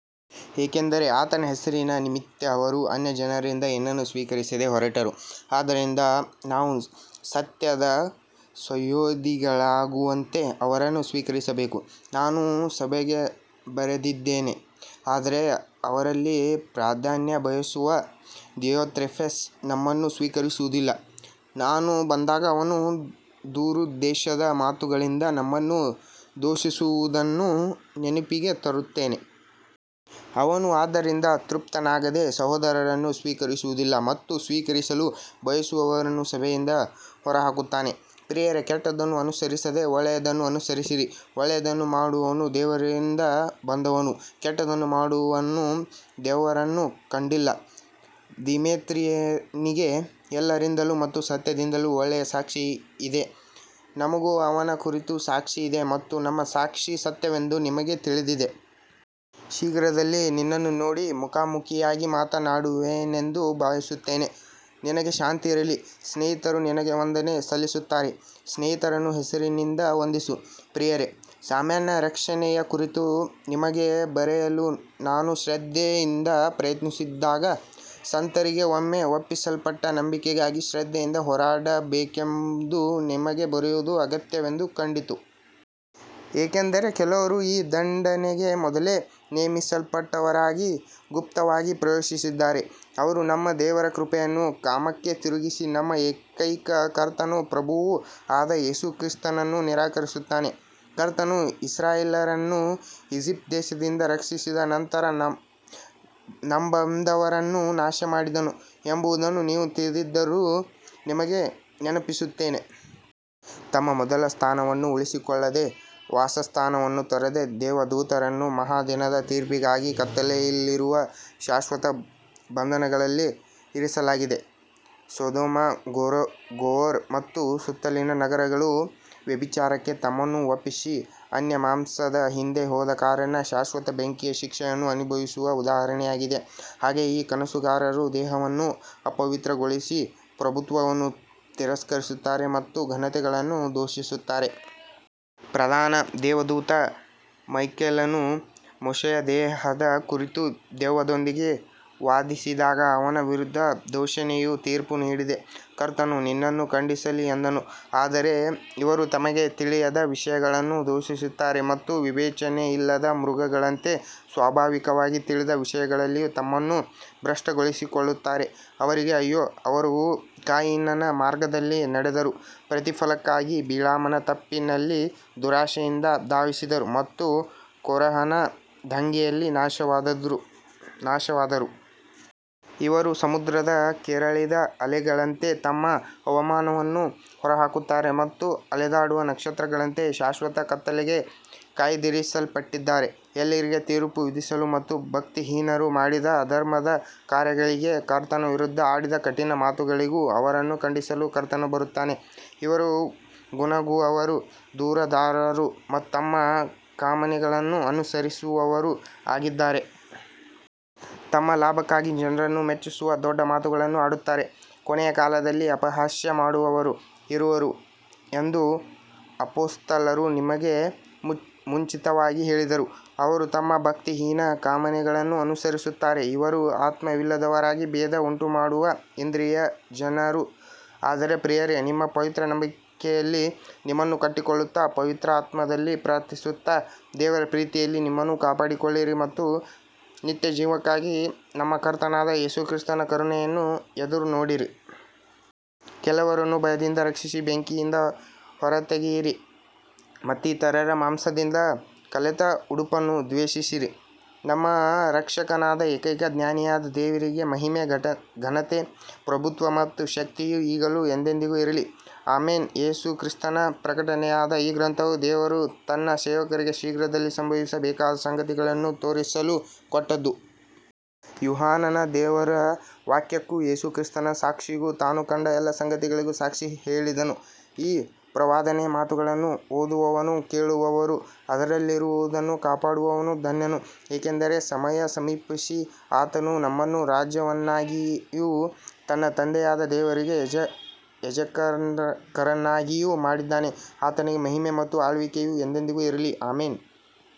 ಯಾಕಂದರೆ ಆತನ ಹೆಸರಿನ ನಿಮಿತ್ತ ಅವರು ಅನ್ಯಜನರಿಂದ ಏನನ್ನೂ ಸ್ವೀಕರಿಸದೆ ಹೊರಟರು. ಆದ್ದರಿಂದ ನಾವು ಸತ್ಯದ ಸಹೋದ್ಯೋಗಿಗಳಾಗುವಂತೆ ಅವರನ್ನು ಸ್ವೀಕರಿಸಬೇಕು. ನಾನು ಸಭೆಗೆ ಬರೆದಿದ್ದೇನೆ, ಆದರೆ ಅವರಲ್ಲಿ ಪ್ರಾಧಾನ್ಯ ಬಯಸುವ ದಿಯೊತ್ರೆಫೇಸ್ ನಮ್ಮನ್ನು ಸ್ವೀಕರಿಸುವುದಿಲ್ಲ. ನಾನು ಬಂದಾಗ ಅವನು ದುರುದ್ದೇಶದ ಮಾತುಗಳಿಂದ ನಮ್ಮನ್ನು ದೂಷಿಸುವುದನ್ನು ನೆನಪಿಗೆ ತರುತ್ತೇನೆ. ಅವನು ಅದರಿಂದ ತೃಪ್ತನಾಗದೆ ಸಹೋದರರನ್ನು ಸ್ವೀಕರಿಸುವುದಿಲ್ಲ ಮತ್ತು ಸ್ವೀಕರಿಸಲು ಬಯಸುವವರನ್ನೂ ಸಭೆಯಿಂದ ಹೊರಹಾಕುತ್ತಾನೆ. ಪ್ರಿಯರೇ, ಕೆಟ್ಟದ್ದನ್ನು ಅನುಸರಿಸದೆ ಒಳ್ಳೆಯದನ್ನು ಅನುಸರಿಸಿರಿ. ಒಳ್ಳೆಯದನ್ನು ಮಾಡುವವನು ದೇವರಿಂದ ಬಂದವನು, ಕೆಟ್ಟದ್ದನ್ನು ಮಾಡುವವನು ದೇವರನ್ನು ಕಂಡಿಲ್ಲ. ದಿಮೇತ್ರಿಯನಿಗೆ ಎಲ್ಲರಿಂದಲೂ ಮತ್ತು ಸತ್ಯದಿಂದಲೂ ಒಳ್ಳೆಯ ಸಾಕ್ಷಿಯಿದೆ. ನಮಗೂ ಅವನ ಕುರಿತು ಸಾಕ್ಷಿಯಿದೆ ಮತ್ತು ನಮ್ಮ ಸಾಕ್ಷಿ ಸತ್ಯವೆಂದು ನಿಮಗೆ ತಿಳಿದಿದೆ. ಶೀಘ್ರದಲ್ಲೇ ನಿನ್ನನ್ನು ನೋಡಿ ಮುಖಾಮುಖಿಯಾಗಿ ಮಾತನಾಡುವೆನೆಂದು ಭಾವಿಸುತ್ತೇನೆ. ನಿನಗೆ ಶಾಂತಿ ಇರಲಿ. ಸ್ನೇಹಿತರು ನಿನಗೆ ವಂದನೆ ಸಲ್ಲಿಸುತ್ತಾರೆ. ಸ್ನೇಹಿತರನ್ನು ಹೆಸರಿನಿಂದ ವಂದಿಸು. ಪ್ರಿಯರೇ, ಸಾಮಾನ್ಯ ರಕ್ಷಣೆಯ ಕುರಿತು ನಿಮಗೆ ಬರೆಯಲು ನಾನು ಶ್ರದ್ಧೆಯಿಂದ ಪ್ರಯತ್ನಿಸುತ್ತಿದ್ದಾಗ, ಸಂತರಿಗೆ ಒಮ್ಮೆ ಒಪ್ಪಿಸಲ್ಪಟ್ಟ ನಂಬಿಕೆಗಾಗಿ ಶ್ರದ್ಧೆಯಿಂದ ಹೋರಾಡಬೇಕೆಂದು ನಿಮಗೆ ಬರೆಯುವುದು ಅಗತ್ಯವೆಂದು ಕಂಡಿತು. ಏಕೆಂದರೆ ಕೆಲವರು ಈ ದಂಡನೆಗೆ ಮೊದಲೇ ನೇಮಿಸಲ್ಪಟ್ಟವರಾಗಿ ಗುಪ್ತವಾಗಿ ಪ್ರವೇಶಿಸಿದ್ದಾರೆ. ಅವರು ನಮ್ಮ ದೇವರ ಕೃಪೆಯನ್ನು ಕಾಮಕ್ಕೆ ತಿರುಗಿಸಿ ನಮ್ಮ ಏಕೈಕ ಕರ್ತನೂ ಪ್ರಭುವೂ ಆದ ಯೇಸು ಕ್ರಿಸ್ತನನ್ನು ನಿರಾಕರಿಸುತ್ತಾರೆ. ಕರ್ತನು ಇಸ್ರಾಯೇಲ್ಯರನ್ನು ಈಜಿಪ್ಟ್ ದೇಶದಿಂದ ರಕ್ಷಿಸಿದ ನಂತರ ನಂಬದವರನ್ನು ನಾಶಮಾಡಿದನು ಎಂಬುದನ್ನು ನೀವು ತಿಳಿದಿದ್ದರೂ ನಿಮಗೆ ನೆನಪಿಸುತ್ತೇನೆ. ತಮ್ಮ ಮೊದಲ ಸ್ಥಾನವನ್ನು ಉಳಿಸಿಕೊಳ್ಳದೆ ವಾಸಸ್ಥಾನವನ್ನು ತೊರೆದ ದೇವದೂತರನ್ನು ಮಹಾದಿನದ ತೀರ್ಪಿಗಾಗಿ ಕತ್ತಲೆಯಲ್ಲಿರುವ ಶಾಶ್ವತ ಬಂಧನಗಳಲ್ಲಿ ಇರಿಸಲಾಗಿದೆ. ಸೊದೊಮ್ ಗೊಮೋರ ಮತ್ತು ಸುತ್ತಲಿನ ನಗರಗಳು ವ್ಯಭಿಚಾರಕ್ಕೆ ತಮ್ಮನ್ನು ಒಪ್ಪಿಸಿ ಅನ್ಯಮಾಂಸದ ಹಿಂದೆ ಹೋದ ಕಾರಣ ಶಾಶ್ವತ ಬೆಂಕಿಯ ಶಿಕ್ಷೆಯನ್ನು ಅನುಭವಿಸುವ ಉದಾಹರಣೆಯಾಗಿವೆ. ಹಾಗೆಯೇ ಈ ಕನಸುಗಾರರು ದೇಹವನ್ನು ಅಪವಿತ್ರಗೊಳಿಸಿ ಪ್ರಭುತ್ವವನ್ನು ತಿರಸ್ಕರಿಸುತ್ತಾರೆ ಮತ್ತು ಘನತೆಗಳನ್ನು ದೂಷಿಸುತ್ತಾರೆ. ಪ್ರಧಾನ ದೇವದೂತ ಮೈಕೇಲನು ಮೋಶೆಯ ದೇಹದ ಕುರಿತು ದೆವ್ವದೊಂದಿಗೆ ವಾದಿಸಿದಾಗ ಅವನ ವಿರುದ್ಧ ದೂಷಣೆಯ ತೀರ್ಪು ನೀಡದೆ, ಕರ್ತನು ನಿನ್ನನ್ನು ಖಂಡಿಸಲಿ ಎಂದನು. ಆದರೆ ಇವರು ತಮಗೆ ತಿಳಿಯದ ವಿಷಯಗಳನ್ನು ದೂಷಿಸುತ್ತಾರೆ ಮತ್ತು ವಿವೇಚನೆಯಿಲ್ಲದ ಮೃಗಗಳಂತೆ ಸ್ವಾಭಾವಿಕವಾಗಿ ತಿಳಿದ ವಿಷಯಗಳಲ್ಲಿಯೂ ತಮ್ಮನ್ನು ಭ್ರಷ್ಟಗೊಳಿಸಿಕೊಳ್ಳುತ್ತಾರೆ. ಅವರಿಗೆ ಅಯ್ಯೋ, ಅವರು ಕಾಯಿನನ ಮಾರ್ಗದಲ್ಲಿ ನಡೆದರು, ಪ್ರತಿಫಲಕ್ಕಾಗಿ ಬಿಳಾಮನ ತಪ್ಪಿನಲ್ಲಿ ದುರಾಶೆಯಿಂದ ಧಾವಿಸಿದರು ಮತ್ತು ಕೋರಹನ ದಂಗೆಯಲ್ಲಿ ನಾಶವಾದರು. ಇವರು ಸಮುದ್ರದ ಕೆರಳಿದ ಅಲೆಗಳಂತೆ ತಮ್ಮ ಅವಮಾನವನ್ನು ಹೊರಹಾಕುತ್ತಾರೆ ಮತ್ತು ಅಲೆದಾಡುವ ನಕ್ಷತ್ರಗಳಂತೆ ಶಾಶ್ವತ ಕತ್ತಲೆಗೆ ಕಾಯ್ದಿರಿಸಲ್ಪಟ್ಟಿದ್ದಾರೆ. ಎಲ್ಲರಿಗೂ ತೀರ್ಪು ವಿಧಿಸಲು ಮತ್ತು ಭಕ್ತಿಹೀನರು ಮಾಡಿದ ಅಧರ್ಮದ ಕಾರ್ಯಗಳಿಗೂ ಕರ್ತನ ವಿರುದ್ಧ ಆಡಿದ ಕಠಿಣ ಮಾತುಗಳಿಗೂ ಅವರನ್ನು ಖಂಡಿಸಲು ಕರ್ತನು ಬರುತ್ತಾನೆ. ಇವರು ಗೊಣಗುವವರೂ ದೂರುದಾರರೂ ತಮ್ಮ ಕಾಮನೆಗಳನ್ನು ಅನುಸರಿಸುವವರೂ ಆಗಿದ್ದಾರೆ. ತಮ್ಮ ಲಾಭಕ್ಕಾಗಿ ಜನರನ್ನು ಮೆಚ್ಚಿಸುವ ದೊಡ್ಡ ಮಾತುಗಳನ್ನು ಆಡುತ್ತಾರೆ. ಕೊನೆಯ ಕಾಲದಲ್ಲಿ ಅಪಹಾಸ್ಯ ಮಾಡುವವರು ಇರುವರು ಎಂದು ಅಪೊಸ್ತಲರು ನಿಮಗೆ ಮುಂಚಿತವಾಗಿ ಹೇಳಿದರು. ಅವರು ತಮ್ಮ ಭಕ್ತಿಹೀನ ಕಾಮನೆಗಳನ್ನು ಅನುಸರಿಸುತ್ತಾರೆ. ಇವರು ಆತ್ಮವಿಲ್ಲದವರಾಗಿ ಭೇದ ಉಂಟುಮಾಡುವ ಇಂದ್ರಿಯಜನರು. ಆದರೆ ಪ್ರಿಯರೇ, ನಿಮ್ಮ ಪವಿತ್ರ ನಂಬಿಕೆಯಲ್ಲಿ ನಿಮ್ಮನ್ನು ಕಟ್ಟಿಕೊಳ್ಳುತ್ತಾ, ಪವಿತ್ರಾತ್ಮದಲ್ಲಿ ಪ್ರಾರ್ಥಿಸುತ್ತಾ, ದೇವರ ಪ್ರೀತಿಯಲ್ಲಿ ನಿಮ್ಮನ್ನು ಕಾಪಾಡಿಕೊಳ್ಳಿರಿ ಮತ್ತು ನಿತ್ಯಜೀವಕ್ಕಾಗಿ ನಮ್ಮ ಕರ್ತನಾದ ಯೇಸು ಕ್ರಿಸ್ತನ ಕರುಣೆಯನ್ನು ಎದುರುನೋಡಿರಿ. ಕೆಲವರನ್ನು ಭಯದಿಂದ ರಕ್ಷಿಸಿ ಬೆಂಕಿಯಿಂದ ಹೊರತೆಗೆಯಿರಿ, ಮತ್ತಿತರರ ಮಾಂಸದಿಂದ ಕಲೆತ ಉಡುಪನ್ನೂ ದ್ವೇಷಿಸಿರಿ. ನಮ್ಮ ರಕ್ಷಕನಾದ ಏಕೈಕ ಜ್ಞಾನಿಯಾದ ದೇವರಿಗೆ ಮಹಿಮೆ, ಘನತೆ, ಪ್ರಭುತ್ವ ಮತ್ತು ಶಕ್ತಿಯು ಈಗಲೂ ಎಂದೆಂದಿಗೂ ಇರಲಿ. ಆಮೆನ್. ಯೇಸು ಕ್ರಿಸ್ತನ ಪ್ರಕಟನೆಯಾದ ಈ ಗ್ರಂಥವು ದೇವರು ತನ್ನ ಸೇವಕರಿಗೆ ಶೀಘ್ರದಲ್ಲೇ ಸಂಭವಿಸಬೇಕಾದ ಸಂಗತಿಗಳನ್ನು ತೋರಿಸಲು ಕೊಟ್ಟದ್ದು. ಯೋಹಾನನು ದೇವರ ವಾಕ್ಯಕ್ಕೂ ಯೇಸು ಕ್ರಿಸ್ತನ ಸಾಕ್ಷಿಗೂ ತಾನು ಕಂಡ ಎಲ್ಲ ಸಂಗತಿಗಳಿಗೂ ಸಾಕ್ಷಿ ಹೇಳಿದನು. ಈ ಪ್ರವಾದನೆಯ ಮಾತುಗಳನ್ನು ಓದುವವನೂ ಕೇಳುವವರೂ ಅದರಲ್ಲಿರುವುದನ್ನು ಕಾಪಾಡುವವನೂ ಧನ್ಯನು, ಏಕೆಂದರೆ ಸಮಯ ಸಮೀಪಿಸಿದೆ. ಆತನು ನಮ್ಮನ್ನು ರಾಜ್ಯವನ್ನಾಗಿಯೂ ತನ್ನ ತಂದೆಯಾದ ದೇವರಿಗೆ ಯಾಜಕರನ್ನಾಗಿಯೂ ಮಾಡಿದ್ದಾನೆ. ಆತನಿಗೆ ಮಹಿಮೆ ಮತ್ತು ಆಳ್ವಿಕೆಯು ಎಂದೆಂದಿಗೂ ಇರಲಿ. ಆಮೆನ್.